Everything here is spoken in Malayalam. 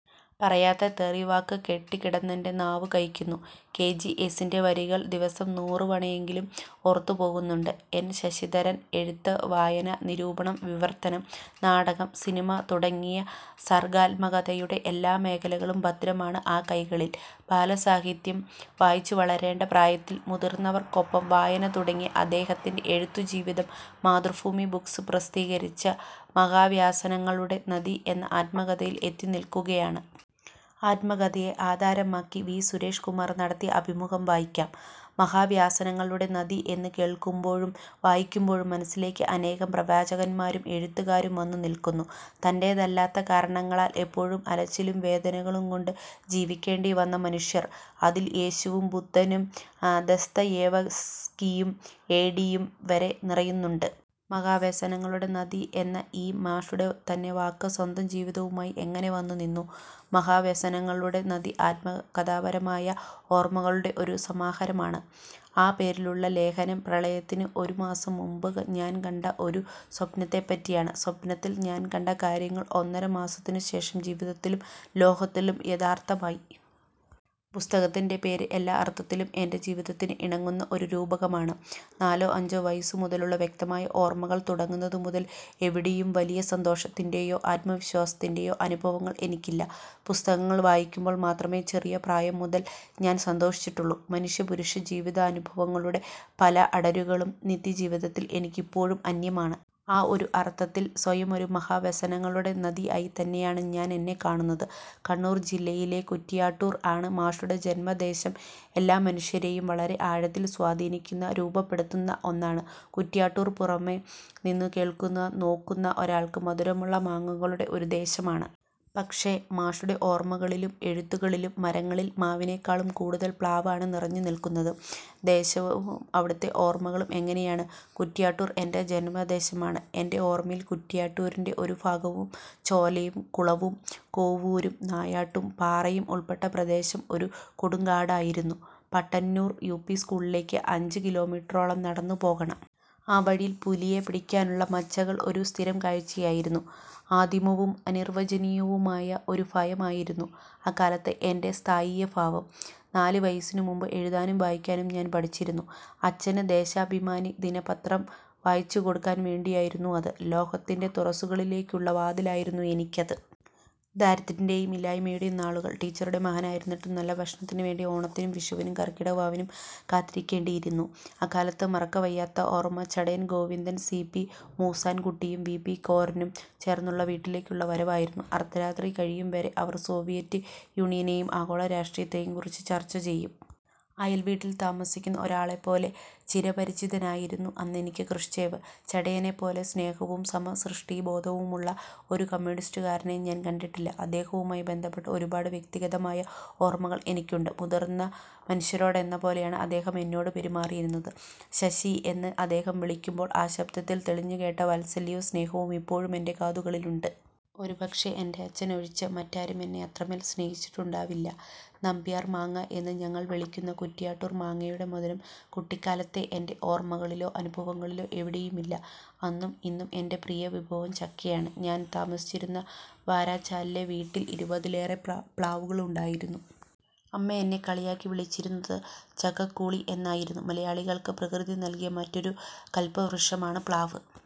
പറയാത്ത തെറി വാക്ക് കെട്ടിക്കിടന്നെൻ്റെ നാവു കയ്ക്കുന്നു 'കെ. ജി. എസ്സിൻ്റെ വരികൾ ദിവസം നൂറുവണയെങ്കിലും ഓർത്തുപോകുന്നുണ്ട് എൻ. ശശിധരൻ. എഴുത്ത്, വായന, നിരൂപണം, വിവർത്തനം, നാടകം, സിനിമ തുടങ്ങി സർഗാത്മകതയുടെ എല്ലാമേഖലകളും ഭദ്രമാണ് ആ കൈകകളിൽ. ബാലസാഹിത്യം വായിച്ചുവളരേണ്ട പ്രായത്തിൽ മുതിർന്നവർക്കൊപ്പം വായന തുടങ്ങിയ അദ്ദേഹത്തിൻ്റെ എഴുത്തുജീവിതം മാതൃഭൂമി ബുക്സ് പ്രസിദ്ധീകരിച്ച മഹാവ്യസനങ്ങളുടെ നദി എന്ന ആത്മകഥയിൽ എത്തിനിൽക്കുകയാണ്. ആത്മകഥയെ ആധാരമാക്കി വി. സുരേഷ് കുമാർ നടത്തിയ അഭിമുഖം വായിക്കാം. മഹാവ്യസനങ്ങളുടെ നദി എന്നു കേൾക്കുമ്പോഴും വായിക്കുമ്പോഴും മനസ്സിലേക്ക് അനേകം പ്രവാചകന്മാരും, എഴുത്തുകാരും വന്നു നിൽക്കുന്നു. തൻ്റേതല്ലാത്ത കാരണങ്ങളാൽ എപ്പോഴും അലച്ചിലും വേദനകളും കൊണ്ട് ജീവിക്കേണ്ടി വന്ന മനുഷ്യർ അതിൽ യേശുവും ബുദ്ധനും ദസ്തയേവ്‌സ്കിയും എം. ടി യും വരെ നിറയുന്നുണ്ട്. മഹാവ്യസനങ്ങളുടെ നദി എന്ന ഈ മാഷുടെ തന്നെ വാക്ക് സ്വന്തംജീവിതവുമായി എങ്ങനെ വന്നുനിന്നു? മഹാവ്യസനങ്ങളുടെ നദി ആത്മകഥാപരമായ ഓർമകളുടെ ഒരു സമാഹാരമാണ്. ആ പേരിലുള്ള ലേഖനം പ്രളയത്തിനു ഒരു മാസം മുമ്പ് ഞാൻ കണ്ട ഒരു സ്വപ്നത്തെപ്പറ്റിയാണ്. സ്വപ്നത്തിൽ ഞാൻ കണ്ട കാര്യങ്ങൾ ഒന്നര മാസത്തിന് ശേഷം ജീവിതത്തിലും ലോകത്തിലും യാഥാർത്ഥമായി. പുസ്തകത്തിൻ്റെ പേര് എല്ലാ അർത്ഥത്തിലും എൻ്റെ ജീവിതത്തിന് ഇണങ്ങുന്ന ഒരു രൂപകമാണ്. നാലോ അഞ്ചോ വയസ്സ് മുതലുള്ള വ്യക്തമായ ഓർമ്മകൾ തുടങ്ങുന്നത് മുതൽ എവിടെയും വലിയ സന്തോഷത്തിൻ്റെയോ ആത്മവിശ്വാസത്തിൻ്റെയോ അനുഭവങ്ങൾ എനിക്കില്ല. പുസ്തകങ്ങൾ വായിക്കുമ്പോൾ മാത്രമേ ചെറിയ പ്രായം മുതൽ ഞാൻ സന്തോഷിച്ചിട്ടുള്ളൂ 'മനുഷ്യ പുരുഷ ജീവിതാനുഭവങ്ങളുടെ പല അടരുകളും നിത്യജീവിതത്തിൽ എനിക്കിപ്പോഴും അന്യമാണ്. ആ ഒരു അർത്ഥത്തിൽ സ്വയമൊരു മഹാ വ്യസനങ്ങളുടെ നദി ആയി തന്നെയാണ് ഞാൻ എന്നെ കാണുന്നത്. കണ്ണൂർ ജില്ലയിലെ കുറ്റിയാട്ടൂർ ആണ് മാഷുടെ ജന്മദേശം എല്ലാ മനുഷ്യരെയും വളരെ ആഴത്തിൽ സ്വാധീനിക്കുന്ന രൂപപ്പെടുത്തുന്ന ഒന്നാണ്. കുറ്റിയാട്ടൂർ പുറമെ നിന്നും കേൾക്കുന്ന നോക്കുന്ന ഒരാൾക്ക് മധുരമുള്ള മാങ്ങകളുടെ ഒരു ദേശം ആണ്. പക്ഷേ മാഷുടെ ഓർമകളിലും എഴുത്തുകളിലും മരങ്ങളിൽ മാവിനെക്കാളും കൂടുതൽ പ്ലാവ് ആണ് നിറഞ്ഞു നിൽക്കുന്നത്. ദേശവും അവിടുത്തെ ഓർമകളും എങ്ങനെയാണ്? കുറ്റിയാട്ടൂർ എൻ്റെ ജന്മദേശമാണ്. എൻ്റെ ഓർമ്മയിൽ കൂറ്റിയാട്ടൂരിൻ്റെ ഒരു ഭാഗവും ചോലയും കുളവും കോവൂരും നായാട്ടു പാറയും ഉൾപെട്ട പ്രദേശം ഒരു കൊടുംകാടായിരുന്നു. പട്ടാന്നൂർ യുപി സ്ക്കൂളിലേക്ക് അഞ്ച് കിലോമീറ്ററോളം നടന്നു പോകണം. ആ വഴിയിൽ പുലിയെ പിടിക്കാനുള്ള മഞ്ചകൾ ഒരു സ്ഥിരം കാഴ്ചയായിരുന്നു. ആദിമവും അനിർവ്വചനീയവുമായ ഒരു ഭയം ആയിരുന്നു അക്കാലത്തെ എൻ്റെ സ്ഥായീഭാവം. നാല് വയസ്സിന് മുമ്പ് എഴുതാനും വായിക്കാനും ഞാൻ പഠിച്ചിരുന്നു. അച്ഛന് ദേശാഭിമാനി ദിനപത്രം വായിച്ചു കൊടുക്കാൻ വേണ്ടിയായിരുന്നു അത്. ലോകത്തിൻ്റെ തുറസ്സുകളിലേക്കുള്ള വാതിലായിരുന്നു എനിക്കത്. ദാരിദ്ര്യത്തിൻ്റെയും ഇല്ലായ്മയുടെയും നാളുകൾ. ടീച്ചറുടെ മകനായിരുന്നിട്ടും നല്ല ഭക്ഷണത്തിന് വേണ്ടി ഓണത്തിനും വിഷുവിനും കര്ക്കിടക വാവിനുമായി കാത്തിരിക്കേണ്ടിയിരുന്നു 'അക്കാലത്തെ മറക്കവയ്യാത്ത ഓര്മ്മ ചടയൻ ഗോവിന്ദൻ സി. പി മൂസാൻ കുട്ടിയും പി. പി. കോരനും ചേർന്നുള്ള വീട്ടിലേക്കുള്ള വരവായിരുന്നു. അർദ്ധരാത്രി കഴിയുംവരെ അവർ സോവിയറ്റ് യൂനിയനെയും ആഗോള രാഷ്ട്രീയത്തേയും കുറിച്ച് ചർച്ച ചെയ്യും. അയൽ വീട്ടിൽ താമസിക്കുന്ന ഒരാളെപ്പോലെ ചിരപരിചിതനായിരുന്നു അന്നെനിക്ക് ക്രൂഷ്ചേവ്, ചടയനെപ്പോലെ സ്നേഹവും സമസൃഷ്ടി ബോധവുമുള്ള ഒരു കമ്യൂണിസ്റ്റുകാരനെ ഞാൻ കണ്ടിട്ടില്ല. അദ്ദേഹവുമായി ബന്ധപ്പെട്ട ഒരുപാട് വ്യക്തിഗതമായ ഓർമ്മകൾ എനിക്കുണ്ട്. മുതിർന്ന മനുഷ്യരോടെന്ന പോലെയാണ് അദ്ദേഹം എന്നോട് പെരുമാറിയിരുന്നത്. ശശീ എന്ന് അദ്ദേഹം വിളിക്കുമ്പോൾ ആ ശബ്ദത്തിൽ തെളിഞ്ഞുകേട്ട വാസല്യവും സ്നേഹവും ഇപ്പോഴും എൻ്റെ കാതുകളിലുണ്ട്. ഒരു പക്ഷേ എൻ്റെ അച്ഛനൊഴിച്ച് മറ്റാരും എന്നെ അത്രമേൽ സ്നേഹിച്ചിട്ടുണ്ടാവില്ല. നമ്പ്യാർ മാങ്ങ എന്ന് ഞങ്ങൾ വിളിക്കുന്ന കുറ്റിയാട്ടൂർ മാങ്ങയുടെ മധുരം കുട്ടിക്കാലത്തെ എൻ്റെ ഓർമ്മകളിലോ അനുഭവങ്ങളിലോ എവിടെയുമില്ല. അന്നും ഇന്നും എൻ്റെ പ്രിയ വിഭവം ചക്കയാണ്. ഞാൻ താമസിച്ചിരുന്ന വാരച്ചാലിലെ വീട്ടിൽ ഇരുപതിലേറെ പ്ലാവ് പ്ലാവുകളുണ്ടായിരുന്നു. അമ്മ എന്നെ കളിയാക്കി വിളിച്ചിരുന്നത് ചക്കക്കൂളി എന്നായിരുന്നു. മലയാളികൾക്ക് പ്രകൃതി നൽകിയ മറ്റൊരു കൽപവൃക്ഷമാണ് പ്ലാവ്.